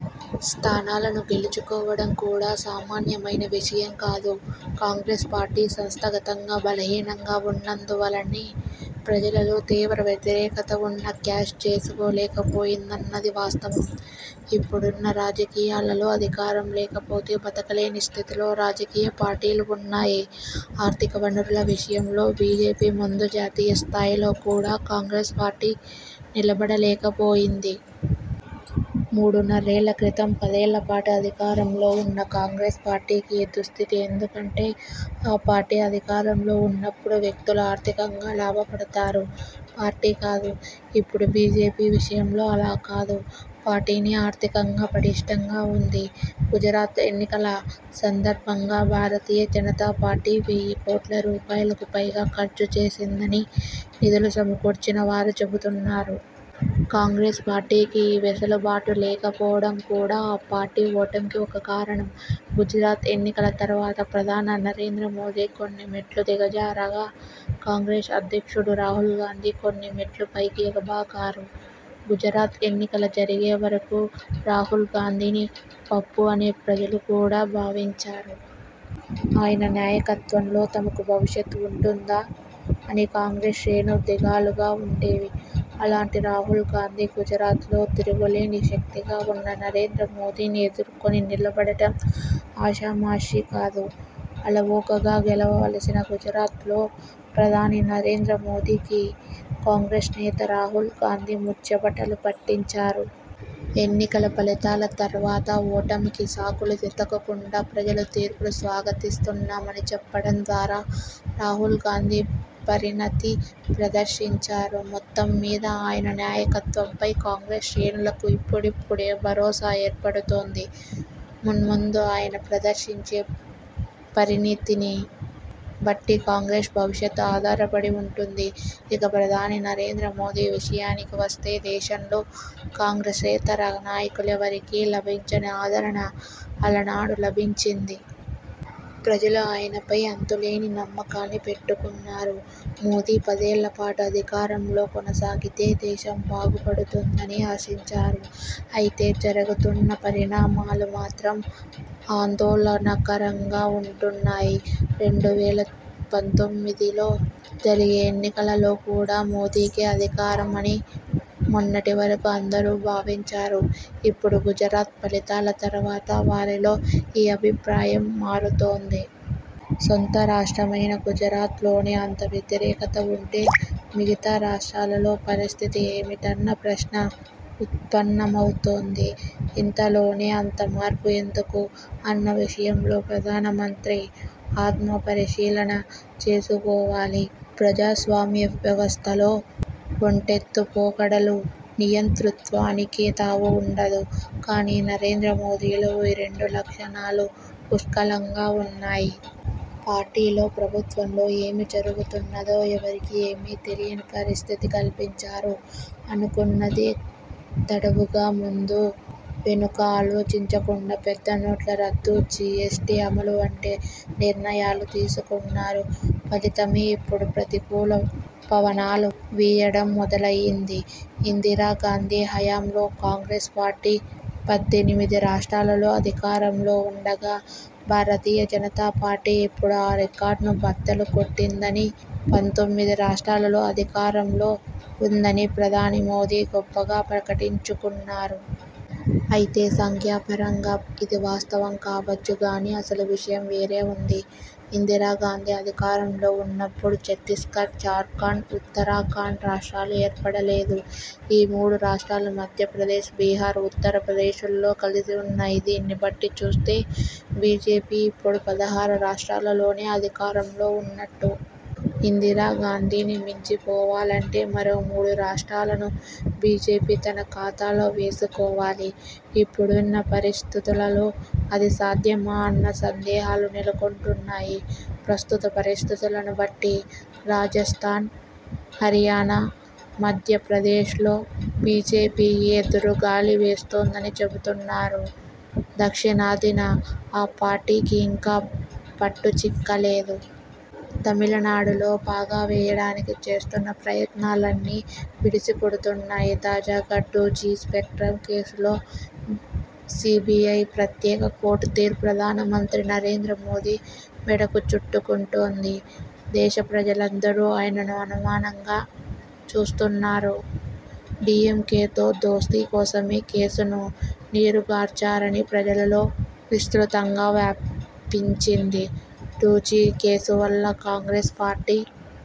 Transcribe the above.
స్థానాలను గెల్చుకోవడం కూడా సామాన్యమైన విషయం కాదు. కాంగ్రెస్ పార్టీ సంస్థాగతంగా బలహీనంగా ఉన్నందు వల్లనే ప్రజలలో తీవ్ర వ్యతిరేకత ఉన్నా క్యాష్ చేసుకోలేక పోయిందన్నది వాస్తవం. ఇప్పుడున్న రాజకీయాలలో అధికారం లేకపోతే బతకలేని స్థితిలో రాజకీయ పార్టీలు ఉన్నాయి. ఆర్థిక వనరుల విషయంలో బీజేపీ ముందు జాతీయ స్థాయిలో కూడా కాంగ్రెస్ పార్టీ నిలబడలేక పోయింది. మూడున్నరేళ్ల క్రితం పదేళ్లపాటు అధికారంలో ఉన్న కాంగ్రెస్ పార్టీకి ఈ దుస్థితి ఎందుకంటే, ఆ పార్టీ అధికారంలో ఉన్నప్పుడు వ్యక్తులు ఆర్థికంగా లాభపడతారు. పార్టీ కాదు. ఇప్పుడు బీజేపీ విషయంలో అలా కాదు. పార్టీనే ఆర్థికంగా పటిష్ఠంగా ఉంది. గుజరాత్లో ఎన్నికల సందర్భంగా భారతీయ జనతా పార్టీ వెయ్యి కోట్ల రూపాయలకు పైగా ఖర్చు చేసిందని నిధులు సమకూర్చినవారు చెబుతున్నారు. కాంగ్రెస్ పార్టీకి ఈ వెసులుబాటు లేకపోవడం కూడా ఆ పార్టీ ఓటమికి ఒక కారణం. గుజరాత్ ఎన్నికల తర్వాత ప్రధాని నరేంద్ర మోదీ కొన్ని మెట్లు దిగజారగా, కాంగ్రెస్ అధ్యక్షుడు రాహుల్గాంధీ కొన్ని మెట్లు పైకి ఎగబాకారు. గుజరాత్ ఎన్నికలు జరిగే వరకు రాహుల్గాంధీని పప్పు అనే ప్రజలు కూడా భావించారు. ఆయన నాయకత్వంలో తమకు భవిష్యత్తు ఉంటుందా? అని కాంగ్రెస్ శ్రేణులు దిగాలుగా ఉండేవి. అలాంటి రాహుల్గాంధీ గుజరాత్లో తిరుగులేని శక్తిగా ఉన్న నరేంద్ర మోదీని ఎదుర్కొని నిలబడటం ఆషామాషీ కాదు. అలవోకగా గెలవవలసిన గుజరాత్లో ప్రధాని నరేంద్ర మోదీకి కాంగ్రెస్ నేత రాహుల్గాంధీ ముచ్చెమటలు పట్టించారు. ఎన్నికల ఫలితాల తర్వాత ఓటమికి సాకులు వెతకకుండా ప్రజల తీర్పును స్వాగతిస్తున్నామని చెప్పడం ద్వారా రాహుల్గాంధీ పరిణతి ప్రదర్శించారు. మొత్తం మీద ఆయన నాయకత్వంపై కాంగ్రెస్ శ్రేణులకు ఇప్పుడిప్పుడే భరోసా ఏర్పడుతోంది. మున్ముందు ఆయన ప్రదర్శించే పరిణతిని బట్టి కాంగ్రెస్ భవిష్యత్తు ఆధారపడి ఉంటుంది. ఇక ప్రధాని నరేంద్ర మోదీ విషయానికి వస్తే దేశంలో కాంగ్రెసేతర నాయకులెవరికీ లభించని ఆదరణ అలనాడు లభించింది. ప్రజలు ఆయనపై అంతులేని నమ్మకాన్ని పెట్టుకున్నారు. మోదీ పదేళ్లపాటు అధికారంలో కొనసాగితే దేశం బాగుపడుతుందని ఆశించారు. అయితే జరుగుతున్న పరిణామాలు మాత్రం ఆందోళనకరంగా ఉంటున్నాయి. రెండు వేల పంతొమ్మిదిలో జరిగే ఎన్నికలలో కూడా మోదీకే అధికారం అని మొన్నటి వరకు అందరూ భావించారు. ఇప్పుడు గుజరాత్ ఫలితాల తర్వాత వారిలో ఈ అభిప్రాయం మారుతోంది. సొంత రాష్ట్రమైన గుజరాత్లోనే అంత వ్యతిరేకత ఉంటే మిగతా రాష్ర్టాలలో పరిస్థితి ఏమిటన్న ప్రశ్న ఉత్పన్నమవుతోంది. ఇంతలోనే అంత మార్పు ఎందుకు? అన్న విషయంలో ప్రధానమంత్రి ఆత్మ పరిశీలన చేసుకోవాలి. ప్రజాస్వామ్య వ్యవస్థలో ఒంటెత్తు పోకడలు, నియంతృత్వానికి తావు ఉండదు. కానీ నరేంద్ర మోదీలో ఈ రెండు లక్షణాలూ పుష్కలంగా ఉన్నాయి. పార్టీలో, ప్రభుత్వంలో ఏమి జరుగుతున్నదో ఎవరికీ ఏమీ తెలియని పరిస్థితి కల్పించారు. అనుకున్నదే తడవుగా ముందూ, వెనుకా ఆలోచించకుండా పెద్దనోట్ల రద్దు, జీఎస్టీ అమలు వంటి నిర్ణయాలు తీసుకున్నారు. ఫలితమే ఇప్పుడు ప్రతికూల పవనాలు వీయడం మొదలయ్యింది. ఇందిరాగాంధీ హయాంలో కాంగ్రెస్ పార్టీ పద్దెనిమిది రాష్ర్టాలలో అధికారంలో ఉండగా, భారతీయ జనతా పార్టీ ఇప్పుడు ఆ రికార్డును బద్దలు కొట్టిందనీ, పంతొమ్మిది రాష్ర్టాలలో అధికారంలో ఉందనీ ప్రధాని మోదీ గొప్పగా ప్రకటించుకున్నారు. అయితే సంఖ్యాపరంగా ఇది వాస్తవం కావచ్చు గానీ అసలు విషయం వేరే ఉంది. ఇందిరాగాంధీ అధికారంలో ఉన్నప్పుడు ఛత్తీస్గఢ్, జార్ఖండ్, ఉత్తరాఖండ్ రాష్ర్టాలు ఏర్పడలేదు. ఈ మూడు రాష్ర్టాలు మధ్యప్రదేశ్, బిహార్, ఉత్తరప్రదేశ్లో కలిసి ఉన్నాయి. దీన్నిబట్టి చూస్తే బీజేపీ ఇప్పుడు పదహారు రాష్ర్టాలలోనే అధికారంలో ఉన్నట్టు! ఇందిరాగాంధీని మించి పోవాలంటే మరో మూడు రాష్ర్టాలను బీజేపీ తన ఖాతాలో వేసుకోవాలి. ఇప్పుడున్న పరిస్థితులలో అది సాధ్యమా? అన్న సందేహాలు నెలకొంటున్నాయి. ప్రస్తుత పరిస్థితులను బట్టి రాజస్థాన్, హరియాణ, మధ్యప్రదేశ్లో బీజేపీకి ఎదురుగాలి వీస్తోందని చెబుతున్నారు. దక్షిణాదిన ఆ పార్టీకి ఇంకా పట్టు చిక్కలేదు. తమిళనాడులో పాగా వేయడానికి చేస్తున్న ప్రయత్నాలన్నీ బెడిసి కొడుతున్నాయి. తాజాగా టూ జీ స్పెక్ట్రమ్ కేసులో సీబీఐ ప్రత్యేక కోర్టు తీర్పు ప్రధానమంత్రి నరేంద్ర మోదీ మెడకు చుట్టుకుంటోంది. దేశ ప్రజలందరూ ఆయనను అనుమానంగా చూస్తున్నారు. డీఎంకేతో దోస్తీ కోసమే కేసును నీరుగార్చారని ప్రజలలో విస్తృతంగా వ్యాపించింది. టూ జీ కేసు వల్ల కాంగ్రెస్ పార్టీ